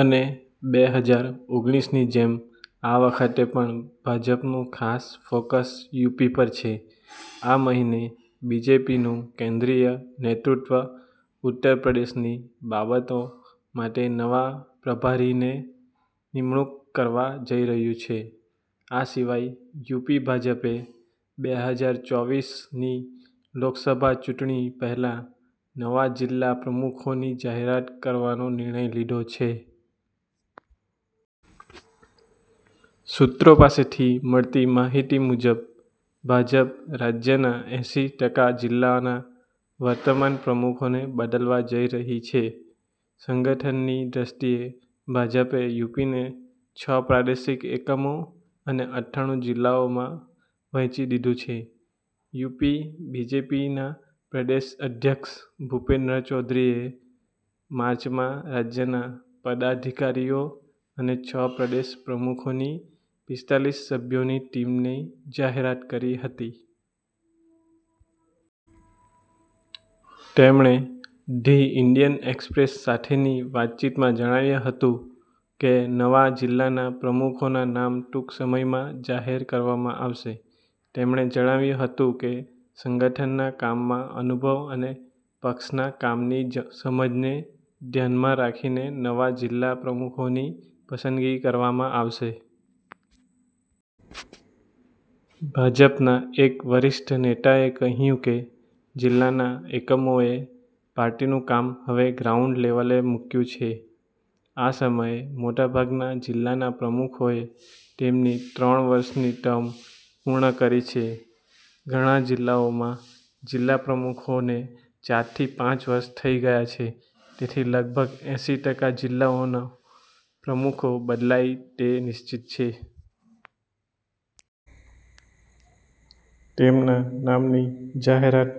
અને બે હજાર ઓગણીસની જેમ આ વખતે પણ ભાજપનું ખાસ ફોકસ યુપી પર છે. આ મહિને બીજેપીનું કેન્દ્રીય નેતૃત્વ ઉત્તર પ્રદેશની બાબતો માટે નવા પ્રભારીની નિમણૂક કરવા જઈ રહ્યું છે. આ સિવાય યુપી ભાજપે બે હજાર ચોવીસની લોકસભા ચૂંટણી પહેલા નવા જિલ્લા પ્રમુખોની જાહેરાત કરવાનો નિર્ણય લીધો છે. સૂત્રો પાસેથી મળતી માહિતી મુજબ, ભાજપ રાજ્યના એંસી ટકા જિલ્લાના વર્તમાન પ્રમુખોને બદલવા જઈ રહી છે. સંગઠનની દૃષ્ટિએ ભાજપે યુપીને છ પ્રાદેશિક એકમો અને અઠ્ઠાણું જિલ્લાઓમાં વહેંચી દીધું છે. યુપી બીજેપીના પ્રદેશ અધ્યક્ષ ભૂપેન્દ્ર ચૌધરીએ માર્ચમાં રાજ્યના પદાધિકારીઓ અને છ પ્રદેશ પ્રમુખોની પિસ્તાલીસ સભ્યોની ટીમની જાહેરાત કરી હતી. તેમણે ધ ઈન્ડિયન એક્સપ્રેસ સાથેની વાતચીતમાં જણાવ્યું હતું કે, નવા જિલ્લા પ્રમુખોના નામ ટૂંક સમયમાં જાહેર કરવામાં આવશે. તેમણે જણાવ્યું હતું કે, સંગઠનના કામમાં અનુભવ અને પક્ષના કામની સમજને ધ્યાનમાં રાખીને નવા જિલ્લા પ્રમુખોની પસંદગી કરવામાં આવશે. ભાજપના એક વરિષ્ઠ નેતાએ કહ્યું કે, જિલ્લાના એકમોએ પાર્ટીનું કામ હવે ગ્રાઉન્ડ લેવલે મૂક્યું છે. આ સમયે મોટાભાગના જિલ્લાના પ્રમુખોએ તેમની ત્રણ વર્ષની ટર્મ પૂર્ણ કરી છે. ઘણા જિલ્લાઓમાં જિલ્લા પ્રમુખોને ચાર થી પાંચ વર્ષ થઈ ગયા છે, તેથી લગભગ એંસી ટકા જિલ્લાઓના પ્રમુખો બદલાય તે નિશ્ચિત છે. તેમના નામની જાહેરાત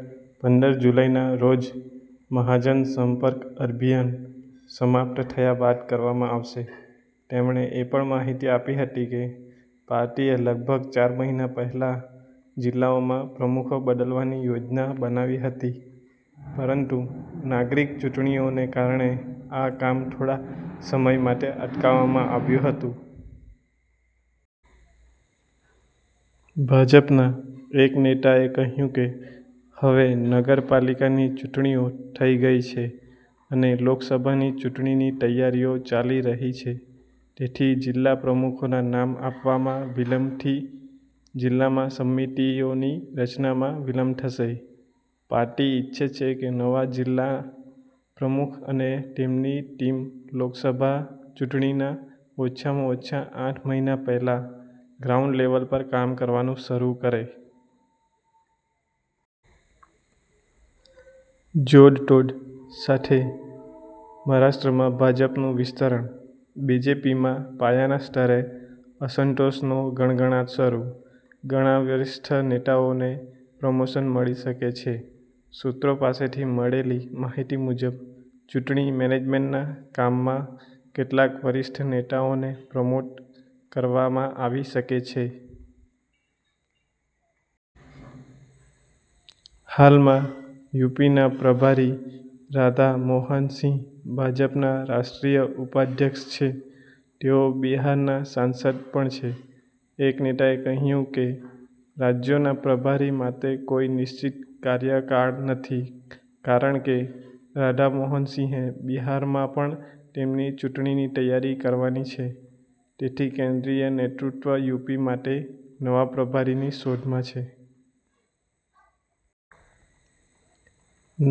પંદર જુલાઈના રોજ 'મહાજન સંપર્ક અભિયાન' સમાપ્ત થયા બાદ કરવામાં આવશે. તેમણે એ પણ માહિતી આપી હતી કે, પાર્ટીએ લગભગ ચાર મહિના પહેલા જિલ્લાઓમાં પ્રમુખો બદલવાની યોજના બનાવી હતી, પરંતુ નાગરિક ચૂંટણીઓને કારણે, આ કામ થોડા સમય માટે અટકાવવામાં આવ્યું હતું. ભાજપના એક નેતાએ કહ્યું કે, હવે નગરપાલિકાની ચૂંટણીઓ થઈ ગઈ છે અને લોકસભાની ચૂંટણીની તૈયારીઓ ચાલી રહી છે, તેથી જિલ્લા પ્રમુખોના નામ આપવામાં વિલંબથી જિલ્લામાં સમિતિઓની રચનામાં વિલંબ થશે. પાર્ટી ઈચ્છે છે કે, નવા જિલ્લા પ્રમુખ અને તેમની ટીમ લોકસભા ચૂંટણીના ઓછામાં ઓછા આઠ મહિના પહેલા ગ્રાઉન્ડ લેવલ પર કામ કરવાનું શરૂ કરે. 'જોડ-તોડ' સાથે મહારાષ્ટ્રમાં ભાજપનું વિસ્તરણ, બીજેપીમાં પાયાના સ્તરે અસંતોષનો ગણગણાટ શરૂ, ઘણા વરિષ્ઠ નેતાઓને પ્રમોશન મળી શકે છે. સૂત્રો પાસેથી મળેલી માહિતી મુજબ, ચૂંટણી મેનેજમેન્ટના કામમાં કેટલાક વરિષ્ઠ નેતાઓને પ્રમોટ કરવામાં આવી શકે છે. હાલમાં યુપીના પ્રભારી રાધા મોહન સિંહ ભાજપના રાષ્ટ્રીય ઉપાધ્યક્ષ છે. તેઓ બિહારના સાંસદ પણ છે. એક નેતાએ કહ્યું કે, રાજ્યોના પ્રભારી માટે કોઈ નિશ્ચિત કાર્યકાળ નથી કારણ કે, રાધા મોહન સિંહે બિહારમાં પણ તેમની ચૂંટણીની તૈયારી કરવાની છે, તેથી કેન્દ્રીય નેતૃત્વ યુપી માટે નવા પ્રભારીની શોધમાં છે.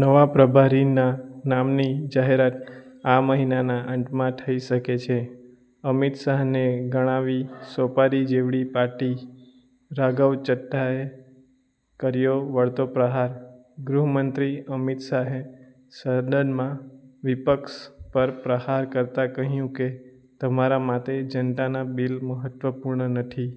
નવા પ્રભારીના નામની જાહેરાત આ મહિનાના અંતમાં થઈ શકે છે. અમિત શાહે ને ગણાવી સોપારી જેવડી પાર્ટી, રાઘવ ચઠ્ઠાએ કર્યો વળતો પ્રહાર: ગૃહમંત્રી અમિત શાહે સદનમાં વિપક્ષ પર પ્રહાર કરતા કહ્યું કે તમારા માટે જનતાના બિલ મહત્વપૂર્ણ નથી.